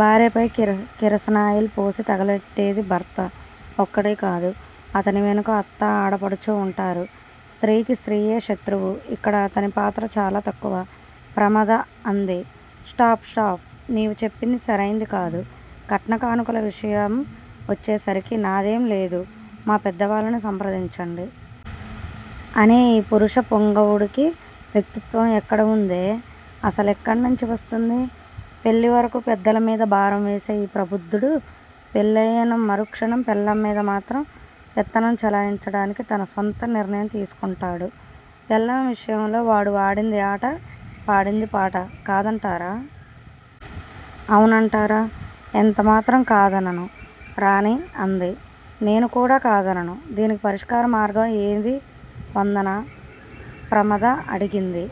భార్యపై కిరసనాయిల్ పోసి తగలెట్టేది భర్త ఒక్కడే కాదు అతని వెనుక అత్త ఆడబడుచు ఉంటారు. స్త్రీకి స్త్రీయే శత్రువు ఇక్కడ అతని పాత్ర చాలా తక్కువ. ప్రమద అంది. స్టాప్! స్టాప్! నీవు చెప్పింది సరైంది కాదు. కట్న కానుకల విషయం వచ్చేసరికి నాదేంలేదు మా పెద్దవాళ్ళని సంప్రదించండి. అనే ఈ పురుష పుంగవుడికి వ్యక్తిత్వం ఎక్కడ ఉందే? అసలెక్కడ్నించి వస్తుంది? పెళ్ళివరకు పెద్దలమీద భారం వేసే ఈ ప్రబుద్ధుడు పెళ్ళయిన మరుక్షణం పెళ్ళాంమీద మాత్రం పెత్తనం చెలాయించడానికి తన స్వంత నిర్ణయం తీసుకుంటాడు. పెళ్ళాం విషయంలో వాడు ఆడింది ఆట పాడింది పాట. కాదంటారా! ఔనంటారా! ఎంతమాత్రం కాదనను. రాణి అంది. నేను కూడా కాదనను. దీనికి పరిష్కార మార్గం ఏది వందనా? ప్రమద అడిగింది.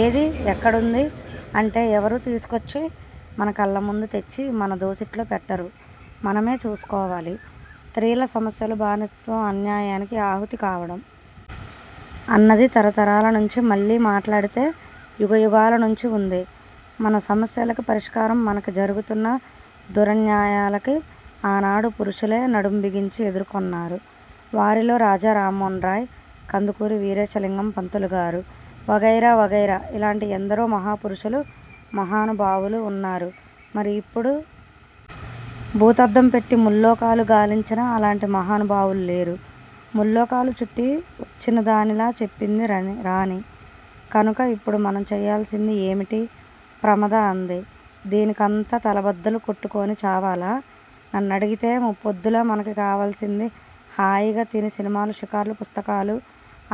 ఏది? ఎక్కడ ఉంది? అంటే ఎవరూ తీసుకొచ్చి మన కళ్ళముందు తెచ్చి మన దోసిట్లో పెట్టరు. మనమే చూసుకోవాలి. స్త్రీల సమస్యలు బానిసత్వం అన్యాయానికి ఆహుతి కావడం. అన్నది తరతరాల నుంచి మళ్ళీ మాట్లాడితే యుగ యుగాలనుంచి ఉంది. మన సమస్యలకి పరిష్కారం మనకి జరుగుతున్న దురన్యాయాలకి ఆనాడు పురుషులే నడుంబిగించి ఎదుర్కొన్నారు. వారిలో రాజారామోహన్ రాయ్ కందుకూరి వీరేశలింగం పంతులుగారు వగైరా వగైరా ఇలాంటి ఎందరో మహాపురుషులు మహానుభావులు ఉన్నారు. మరి ఇప్పుడు? భూతద్దం పెట్టి ముల్లోకాలు గాలించినా అలాంటి మహానుభావులు లేరు. ముల్లోకాలు చుట్టి వచ్చినదానిలా చెప్పింది రాణి. కనుక ఇప్పుడు మనం చెయ్యాల్సింది ఏమిటి? ప్రమద అంది. దీనికంత తలబద్దలు కొట్టుకొని చావాలా? నన్నడిగితే ముప్పొద్దులా మనకి కావాల్సింది హాయిగా తిని సినిమాలు షికార్లు పుస్తకాలు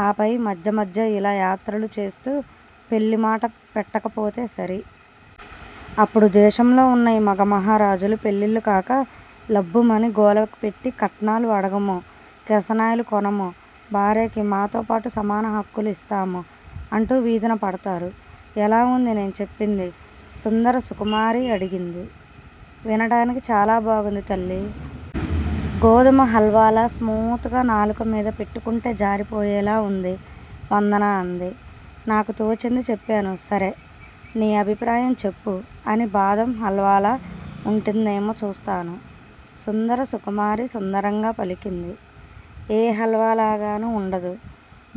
ఆపై మధ్య మధ్య ఇలా యాత్రలు చేస్తూ పెళ్ళిమాట పెట్టకపోతే సరి. అప్పుడు దేశంలో ఉన్న ఈ మగ మహారాజులు పెళ్ళిళ్ళు కాక లబ్బుమని గోలపెట్టి కట్నాలు అడగము కిరసనాయిలు కొనము భార్యకి మాతోపాటు సమాన హక్కులు ఇస్తాము అంటూ వీధిన పడతారు. ఎలా వుంది నేను చెప్పింది సుందర సుకుమారి అడిగింది. వినటానికి చాలా బాగుంది తల్లీ! గోధుమ హల్వాలా స్మూత్ గా నాలుకమీద పెట్టుకుంటే జారిపోయేలా ఉంది వందన అంది. నాకు తోచింది చెప్పాను సరే__నీ అభిప్రాయం చెప్పు అని బాదం హల్వాలా ఉంటుందేమో చూస్తాను. సుందర సుకుమారి సుందరంగ పలికింది. ఏ హల్వాలాగాను ఉండదు.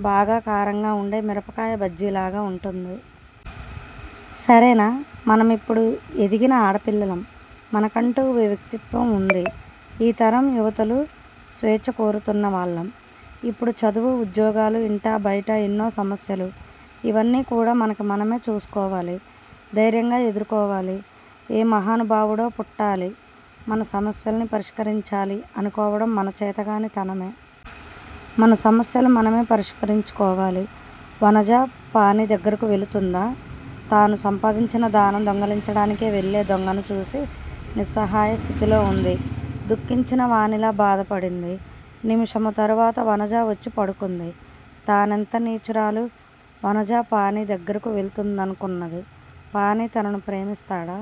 బాగా కారంగా ఉండే మిరపకాయ బజ్జిలాగ ఉంటుంది. సరేనా! మనమిప్పుడు ఎదిగిన ఆడపిల్లలం మనకంటు ఓ వ్యక్తిత్వం ఉంది. ఈ తరం యువతులం. స్వేచ్చ కోరుతున్నవాళ్ళం. ఇప్పుడు చదువు ఉద్యోగాలు ఇంటా బయట ఎన్నో సమస్యలు ఇవన్నీ కూడా మనకి మనమే చూసుకోవాలి. ధైర్యంగ ఎదుర్కోవాలి. ఏ మహానుభావుడో పుట్టాలి మన సమస్యలని పరిష్కరించాలి అనుకోవడం మనచేతగాని తనమే. మన సమస్యలు మనమే పరిష్కరించుకోవాలి। వనజ పాణి దగ్గరకు వెళుతుందా? తాను సంపాదించిన దానం దొంగిలించడానికే వెళ్ళే దొంగను చూసి నిస్సహాయస్థితిలో ఉంది దుఃఖించినవానిలా బాధపడింది. నిముషం తరువాత వనజ వచ్చి పడుకుంది. -తానెంత నీచురాలు? వనజ పాణి దగ్గరకు వెళుతూందనుకున్నది. పాణి తనను ప్రేమిస్తాడా?